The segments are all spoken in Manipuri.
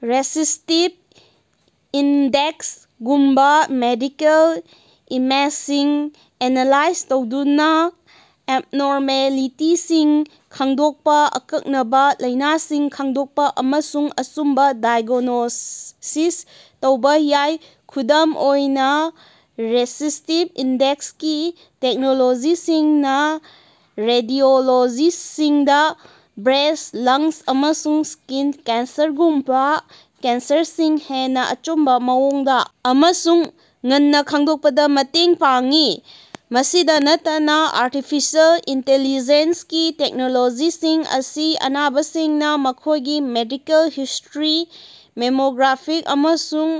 ꯔꯦꯁꯤꯁꯇꯤꯚ ꯏꯟꯗꯦꯛꯁ ꯒꯨꯝꯕ ꯃꯦꯗꯤꯀꯦꯜ ꯏꯃꯦꯖꯁꯤꯡ ꯑꯦꯅꯥꯂꯥꯏꯖ ꯇꯧꯗꯨꯅ ꯑꯦꯕꯅꯣꯔꯃꯦꯂꯤꯇꯤꯁꯤꯡ ꯈꯪꯗꯣꯛꯄ, ꯑꯀꯛꯅꯕ ꯂꯥꯏꯅꯥꯁꯤꯡ ꯈꯪꯗꯣꯛꯄ ꯑꯃꯁꯨꯡ ꯑꯆꯨꯝꯕ ꯗꯥꯏꯒ꯭ꯅꯣꯁꯤꯁ ꯇꯧꯕ ꯌꯥꯏ꯫ ꯈꯨꯗꯝ ꯑꯣꯏꯅ, ꯔꯦꯁꯤꯁꯇꯤꯚ ꯏꯟꯗꯦꯛꯁ ꯒꯤ ꯇꯦꯛꯅꯣꯂꯣꯖꯤꯁꯤꯡꯅ ꯔꯦꯗꯤꯑꯣꯂꯣꯖꯤꯁꯁꯤꯡꯗ ꯕ꯭ꯔꯦꯁ꯭, ꯂꯪꯁ, ꯑꯃꯁꯨꯡ ꯁ꯭ꯀꯤꯟ ꯀꯦꯟꯁꯔꯒꯨꯝꯕ ꯀꯦꯟꯁꯔꯁꯤꯡ ꯍꯦꯟꯅ ꯑꯆꯨꯝꯕ ꯃꯑꯣꯡꯗ ꯑꯃꯁꯨꯡ ꯉꯟꯅ ꯈꯪꯗꯣꯛꯄꯗ ꯃꯇꯦꯡ ꯄꯥꯡꯏ꯫ ꯃꯁꯤꯗ ꯅꯠꯇꯅ, ꯑꯔꯇꯤꯐꯤꯁꯤꯑꯦꯜ ꯏꯟꯇꯦꯂꯤꯖꯦꯟꯁ ꯒꯤ ꯇꯦꯛꯅꯣꯂꯣꯖꯤꯁꯤꯡ ꯑꯁꯤ ꯑꯅꯥꯕꯁꯤꯡꯅ ꯃꯈꯣꯏꯒꯤ ꯃꯦꯗꯤꯀꯦꯜ ꯍꯤꯁꯇ꯭ꯔꯤ, ꯗꯦꯃꯣꯒ꯭ꯔꯥꯐꯤꯛ, ꯑꯃꯁꯨꯡ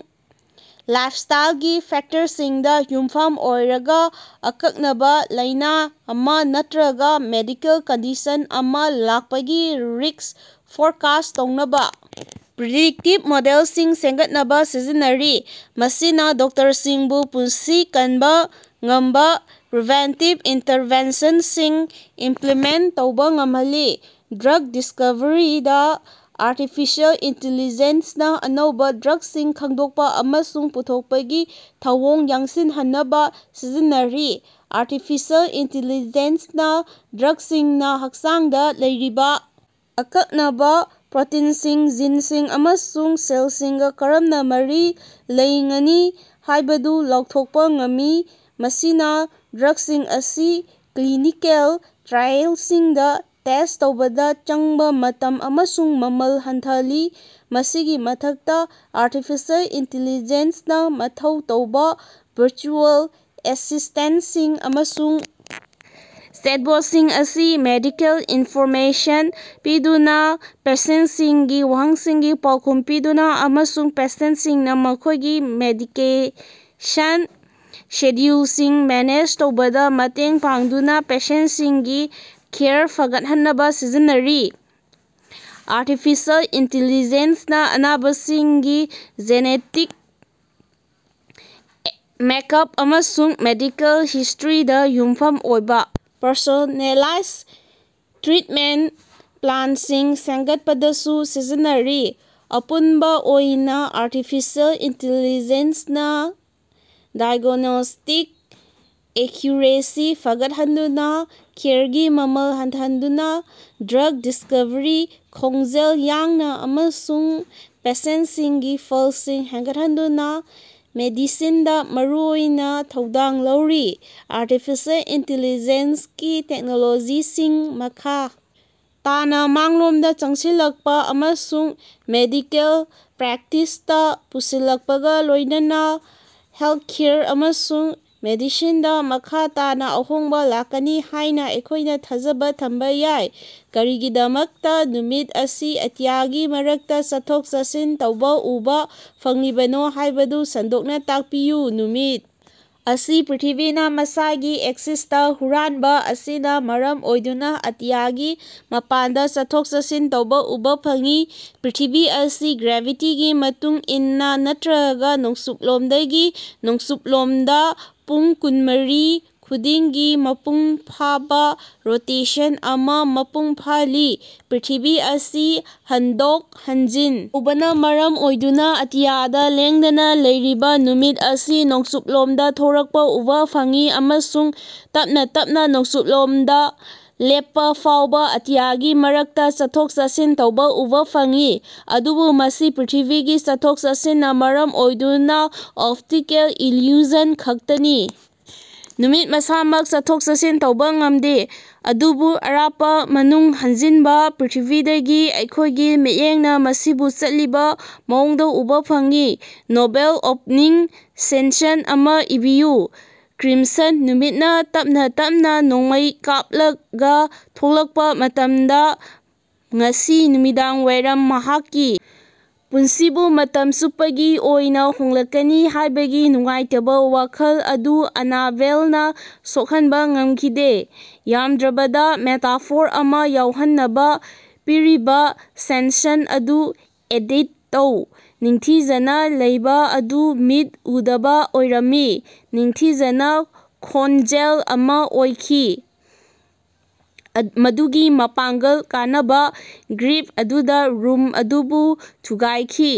ꯂꯥꯏꯐꯁ꯭ꯇꯥꯏꯜꯒꯤ ꯐꯦꯛꯇꯔꯁꯤꯡꯗ ꯌꯨꯝꯐꯝ ꯑꯣꯏꯔꯒ ꯑꯀꯛꯅꯕ ꯂꯥꯏꯅ ꯑꯃ ꯅꯠꯇ꯭ꯔꯒ ꯃꯦꯗꯤꯀꯦꯜ ꯀꯟꯗꯤꯁꯟ ꯑꯃ ꯂꯥꯛꯄꯒꯤ ꯔꯤꯁ꯭ꯛ ꯐꯣꯔꯀꯥꯁ ꯇꯧꯅꯕ ꯄ꯭ꯔꯤꯗꯤꯛꯇꯤꯚ ꯃꯣꯗꯦꯜꯁꯤꯡ ꯁꯦꯝꯒꯠꯅꯕ ꯁꯤꯖꯤꯟꯅꯔꯤ꯫ ꯃꯁꯤꯅ ꯗꯣꯛꯇꯔꯁꯤꯡꯕꯨ ꯄꯨꯟꯁꯤ ꯀꯟꯕ ꯉꯝꯕ ꯄ꯭ꯔꯤꯚꯦꯟꯇꯤꯚ ꯏꯟꯇꯔꯚꯦꯟꯁꯟꯁꯤꯡ ꯏꯝꯄ꯭ꯂꯤꯃꯦꯟꯇ ꯇꯧꯕ ꯉꯝꯍꯜꯂꯤ꯫ ꯗ꯭ꯔꯒ ꯗꯤꯁꯀꯣꯚꯔꯤꯗꯥ ꯑꯥꯔꯇꯤꯐꯤꯁꯤꯑꯦꯜ ꯏꯟꯇꯤꯂꯤꯖꯦꯟꯁ ꯅꯥ ꯑꯅꯧꯕ ꯗ꯭ꯔꯒꯁꯤꯡ ꯈꯪꯗꯣꯛꯄ ꯑꯃꯁꯨꯡ ꯄꯨꯊꯣꯛꯄꯒꯤ ꯊꯧꯑꯣꯡ ꯌꯥꯡꯁꯤꯜꯍꯟꯅꯕ ꯁꯤꯖꯤꯟꯅꯔꯤ꯫ ꯑꯥꯔꯇꯤꯐꯤꯁꯤꯑꯦꯜ ꯏꯟꯇꯤꯂꯤꯖꯦꯟꯁ ꯅꯥ ꯗ꯭ꯔꯒꯁꯤꯡꯅ ꯍꯛꯆꯥꯡꯗ ꯂꯩꯔꯤꯕ ꯑꯀꯛꯅꯕ ꯄ꯭ꯔꯣꯇꯤꯟꯁꯤꯡ, ꯖꯤꯅꯁꯤꯡ ꯑꯃꯁꯨꯡ ꯁꯦꯜꯁꯤꯡꯒꯥ ꯀꯔꯝꯅ ꯃꯔꯤ ꯂꯩꯉꯅꯤ ꯍꯥꯏꯕꯗꯨ ꯂꯥꯎꯊꯣꯛꯄ ꯉꯝꯃꯤ, ꯃꯁꯤꯅ ꯗ꯭ꯔꯒꯁꯤꯡ ꯑꯁꯤ ꯀ꯭ꯂꯤꯅꯤꯀꯦꯜ ꯇ꯭ꯔꯥꯏꯑꯦꯜꯁꯤꯡꯗ ꯇꯦꯁ ꯇꯧꯕꯗ ꯆꯪꯕ ꯃꯇꯝ ꯑꯃꯁꯨꯡ ꯃꯃꯜ ꯍꯟꯊꯥꯍꯜꯂꯤ꯫ ꯃꯁꯤꯒꯤ ꯃꯊꯛꯇꯥ, ꯑꯤꯔꯇꯤꯐꯤꯑꯦꯜ ꯏꯟꯇꯤꯂꯤꯖꯦꯟꯁ ꯅꯥ ꯃꯊꯧ ꯇꯧꯕ ꯚꯔꯆꯨꯑꯦꯜ ꯑꯦꯁꯤꯁꯇꯦꯟꯁꯤꯡ ꯑꯃꯁꯨꯡ ꯆꯦꯠꯕꯣꯠꯁꯤꯡ ꯑꯁꯤ ꯃꯦꯗꯤꯀꯦꯜ ꯏꯟꯐꯣꯔꯃꯦꯁꯟ ꯄꯤꯗꯨꯅ, ꯄꯦꯁꯦꯟꯇꯁꯤꯡꯒꯤ ꯋꯍꯪꯁꯤꯡꯒꯤ ꯄꯥꯎꯈꯨꯝ ꯄꯤꯗꯨꯅ, ꯑꯃꯁꯨꯡ ꯄꯦꯁꯦꯟꯇꯁꯤꯡꯅ ꯃꯈꯣꯏꯒꯤ ꯃꯦꯗꯤꯀꯦꯁꯟ ꯁꯦꯗ꯭ꯌꯨꯜꯁꯤꯡ ꯃꯦꯅꯦꯖ ꯇꯧꯕꯗ ꯃꯇꯦꯡ ꯄꯥꯡꯗꯨꯅ ꯄꯦꯁꯦꯟꯇꯁꯤꯡꯒꯤ ꯀꯦꯌꯔ ꯐꯒꯠꯍꯟꯅꯕ ꯁꯤꯖꯤꯟꯅꯔꯤ꯫ ꯑꯥꯔꯇꯤꯐꯤꯁꯤꯑꯦꯜ ꯏꯟꯇꯦꯂꯤꯖꯦꯟꯁ ꯅꯥ ꯑꯅꯥꯕꯁꯤꯡꯒꯤ ꯖꯦꯅꯦꯇꯤꯛ ꯃꯦꯛꯑꯞ ꯑꯃꯁꯨꯡ ꯃꯦꯗꯤꯀꯦꯜ ꯍꯤꯁꯇ꯭ꯔꯤꯗ ꯌꯨꯝꯐꯝ ꯑꯣꯏꯕ ꯄꯔꯁꯣꯅꯦꯂꯥꯏꯖ ꯇ꯭ꯔꯤꯠꯃꯦꯟꯇ ꯄ꯭ꯂꯥꯟꯁꯤꯡ ꯁꯦꯝꯒꯠꯄꯗꯁꯨ ꯁꯤꯖꯤꯟꯅꯔꯤ꯫ ꯑꯄꯨꯟꯕ ꯑꯣꯏꯅ, ꯑꯥꯔꯇꯤꯐꯤꯁꯤꯑꯦꯜ ꯏꯟꯇꯦꯂꯤꯖꯦꯟꯁ ꯅꯥ ꯗꯥꯏꯒ꯭ꯅꯣꯁꯇꯤꯛ ꯑꯦꯛꯀ꯭ꯌꯨꯔꯦꯁꯤ ꯐꯒꯠꯍꯟꯗꯨꯅ, ꯀꯦꯌꯔꯒꯤ ꯃꯃꯜ ꯍꯟꯊꯍꯟꯗꯨꯅ, ꯗ꯭ꯔꯒ ꯗꯤꯁꯀꯣꯚ꯭ꯔꯤ ꯈꯣꯡꯖꯦꯜ ꯌꯥꯡꯅ ꯑꯃꯁꯨꯡ ꯄꯦꯁꯦꯟꯇꯁꯤꯡꯒꯤ ꯐꯜꯁꯤꯡ ꯍꯦꯟꯒꯠꯍꯟꯗꯨꯅ ꯃꯦꯗꯤꯁꯤꯟꯗ ꯃꯔꯨꯑꯣꯏꯕ ꯊꯧꯗꯥꯡ ꯂꯧꯔꯤ꯫ ꯑꯥꯔꯇꯤꯐꯤꯁꯤꯑꯦꯜ ꯏꯟꯇꯦꯂꯤꯖꯦꯟꯁ ꯒꯤ ꯇꯦꯛꯅꯣꯂꯣꯖꯤꯁꯤꯡ ꯃꯈꯥ ꯇꯥꯅ ꯃꯥꯡꯂꯣꯝꯗ ꯆꯪꯁꯤꯜꯂꯛꯄ ꯑꯃꯁꯨꯡ ꯃꯦꯗꯤꯀꯦꯜ ꯄ꯭ꯔꯦꯛꯇꯤꯁꯇ ꯄꯨꯟꯁꯤꯜꯂꯛꯄꯒ ꯂꯣꯏꯅꯥꯅ ꯍꯦꯜꯊꯀꯦꯌꯔ ꯑꯃꯁꯨꯡ ꯃꯦꯗꯤꯁꯤꯟꯗ ꯃꯈꯥ ꯇꯥꯅ ꯑꯍꯣꯡꯕ ꯂꯥꯛꯀꯅꯤ ꯍꯥꯏꯅ ꯑꯩꯈꯣꯏꯅ ꯊꯥꯖꯕ ꯊꯝꯕ ꯌꯥꯏ꯫ ꯀꯔꯤꯒꯤꯗꯃꯛꯇꯥ ꯅꯨꯃꯤꯠ ꯑꯁꯤ ꯑꯇꯤꯌꯥꯒꯤ ꯃꯔꯛꯇ ꯆꯠꯊꯣꯛ-ꯆꯠꯁꯤꯟ ꯇꯧꯕ ꯎꯕ ꯐꯪꯂꯤꯕꯅꯣ ꯍꯥꯏꯕꯗꯨ ꯁꯟꯗꯣꯛꯅ ꯇꯥꯛꯄꯤꯌꯨ꯫ ꯅꯨꯃꯤꯠ ꯑꯁꯤ ꯄ꯭ꯔ꯭ꯤꯊꯤꯕꯤꯅ ꯃꯁꯥꯒꯤ ꯑꯦꯛꯁꯤꯁꯇꯥ ꯍꯨꯔꯥꯟꯕ ꯑꯁꯤꯅ ꯃꯔꯝ ꯑꯣꯏꯗꯨꯅ ꯑꯇꯤꯌꯥꯒꯤ ꯃꯄꯥꯟꯗ ꯆꯠꯊꯣꯛ-ꯆꯠꯁꯤꯟ ꯇꯧꯕ ꯎꯕ ꯐꯪꯏ꯫ ꯄ꯭ꯔ꯭ꯤꯊꯤꯕꯤ ꯑꯁꯤ ꯒ꯭ꯔꯦꯚꯤꯇꯤꯒꯤ ꯃꯇꯨꯡ ꯏꯟꯅꯥ, ꯅꯠꯇ꯭ꯔꯒ ꯅꯣꯡꯆꯨꯞꯂꯣꯝꯗꯒꯤ ꯅꯣꯡꯆꯨꯝꯂꯣꯝꯗ, ꯄꯨꯡ ꯀꯨꯟꯃꯔꯤ ꯈꯨꯗꯤꯡꯒꯤ ꯃꯄꯨꯡꯐꯥꯕ ꯔꯣꯇꯦꯁꯟ ꯑꯃ ꯃꯄꯨꯡ ꯐꯥꯍꯜꯂꯤ꯫ ꯄ꯭ꯔ꯭ꯤꯊꯤꯕꯤ ꯑꯁꯤ ꯍꯟꯗꯣꯛ-ꯍꯟꯖꯤꯟ ꯇꯧꯕꯅ ꯃꯔꯝ ꯑꯣꯏꯗꯨꯅ ꯑꯇꯤꯌꯥꯗ ꯂꯦꯡꯗꯅ ꯂꯩꯔꯤꯕ ꯅꯨꯃꯤꯠ ꯑꯁꯤ ꯅꯣꯡꯆꯨꯞꯂꯣꯝꯗ ꯊꯣꯔꯛꯄ ꯎꯕ ꯐꯪꯏ ꯑꯃꯁꯨꯡ ꯇꯞꯅ ꯇꯞꯅ ꯅꯣꯡꯆꯨꯞꯂꯣꯝꯗ ꯂꯦꯞꯄ ꯐꯥꯎꯕ ꯑꯇꯤꯌꯥꯒꯤ ꯃꯔꯛꯇ ꯆꯠꯊꯣꯛ-ꯆꯠꯁꯤꯟ ꯇꯧꯕ ꯎꯕ ꯐꯪꯏ꯫ ꯑꯗꯨꯕꯨ ꯃꯁꯤ ꯄ꯭ꯔ꯭ꯤꯊꯤꯕꯤꯒꯤ ꯆꯠꯊꯣꯛ-ꯆꯠꯁꯤꯟꯅ ꯃꯔꯝ ꯑꯣꯏꯗꯨꯅ ꯑꯣꯞꯇꯤꯀꯦꯜ ꯏꯜꯌꯨꯖꯟ ꯈꯛꯇꯅꯤ꯫ ꯅꯨꯃꯤꯠ ꯃꯁꯥꯃꯛ ꯆꯠꯊꯣꯛ-ꯆꯠꯁꯤꯟ ꯇꯧꯕ ꯉꯝꯗꯦ, ꯑꯗꯨꯕꯨ ꯑꯔꯥꯞꯄ ꯃꯅꯨꯡ ꯍꯟꯖꯤꯟꯕ ꯄ꯭ꯔ꯭ꯤꯊꯤꯕꯤꯗꯒꯤ ꯑꯩꯈꯣꯏꯒꯤ ꯃꯤꯠꯌꯦꯡꯅ ꯃꯁꯤꯕꯨ ꯆꯠꯂꯤꯕ ꯃꯑꯣꯡꯗ ꯎꯕ ꯐꯪꯏ꯫ ꯅꯣꯚꯦꯜ ꯑꯣꯞꯅꯤꯡ ꯁꯦꯟꯁꯟ ꯑꯃ ꯏꯕꯤꯌꯨ꯫ ꯀ꯭ꯔꯤꯝꯁꯟ ꯅꯨꯃꯤꯠꯅ ꯇꯞꯅ ꯇꯞꯅ ꯅꯣꯡꯃꯩ ꯀꯥꯞꯂꯒꯥ ꯊꯣꯔꯛꯄ ꯃꯇꯝꯗ, ꯉꯁꯤ ꯅꯨꯃꯤꯗꯥꯡꯋꯥꯏꯔꯝ ꯃꯍꯥꯛꯀꯤ ꯄꯨꯟꯁꯤꯕꯨ ꯃꯇꯝ ꯆꯨꯞꯄꯒꯤ ꯑꯣꯏꯅ ꯍꯣꯡꯂꯛꯀꯅꯤ ꯍꯥꯏꯕꯒꯤ ꯅꯨꯡꯉꯥꯏꯇꯕ ꯋꯥꯈꯜ ꯑꯗꯨ ꯑꯅꯥꯕꯦꯜꯅꯥ ꯁꯣꯛꯍꯟꯕ ꯉꯝꯈꯤꯗꯦ꯫ ꯌꯥꯝꯗ꯭ꯔꯕꯗ ꯃꯦꯇꯥꯐꯣꯔ ꯑꯃ ꯌꯥꯎꯍꯟꯅꯕ ꯄꯤꯔꯤꯕ ꯁꯦꯟꯁꯟ ꯑꯗꯨ ꯑꯦꯗꯤꯠ ꯇꯧ꯫ ꯅꯤꯡꯊꯤꯖꯅ ꯂꯩꯕ ꯑꯗꯨ ꯃꯤꯠ ꯎꯗꯕ ꯑꯣꯏꯔꯝꯃꯤ꯫ ꯅꯤꯡꯊꯤꯖꯅꯥ ꯈꯣꯟꯖꯦꯜ ꯑꯃ ꯑꯣꯏꯈꯤ, ꯃꯗꯨꯒꯤ ꯃꯄꯥꯡꯒꯜ ꯀꯅꯥꯕ ꯒ꯭ꯔꯤꯞ ꯑꯗꯨꯗ ꯔꯨꯝ ꯑꯗꯨꯕꯨ ꯊꯨꯒꯥꯏꯈꯤ꯫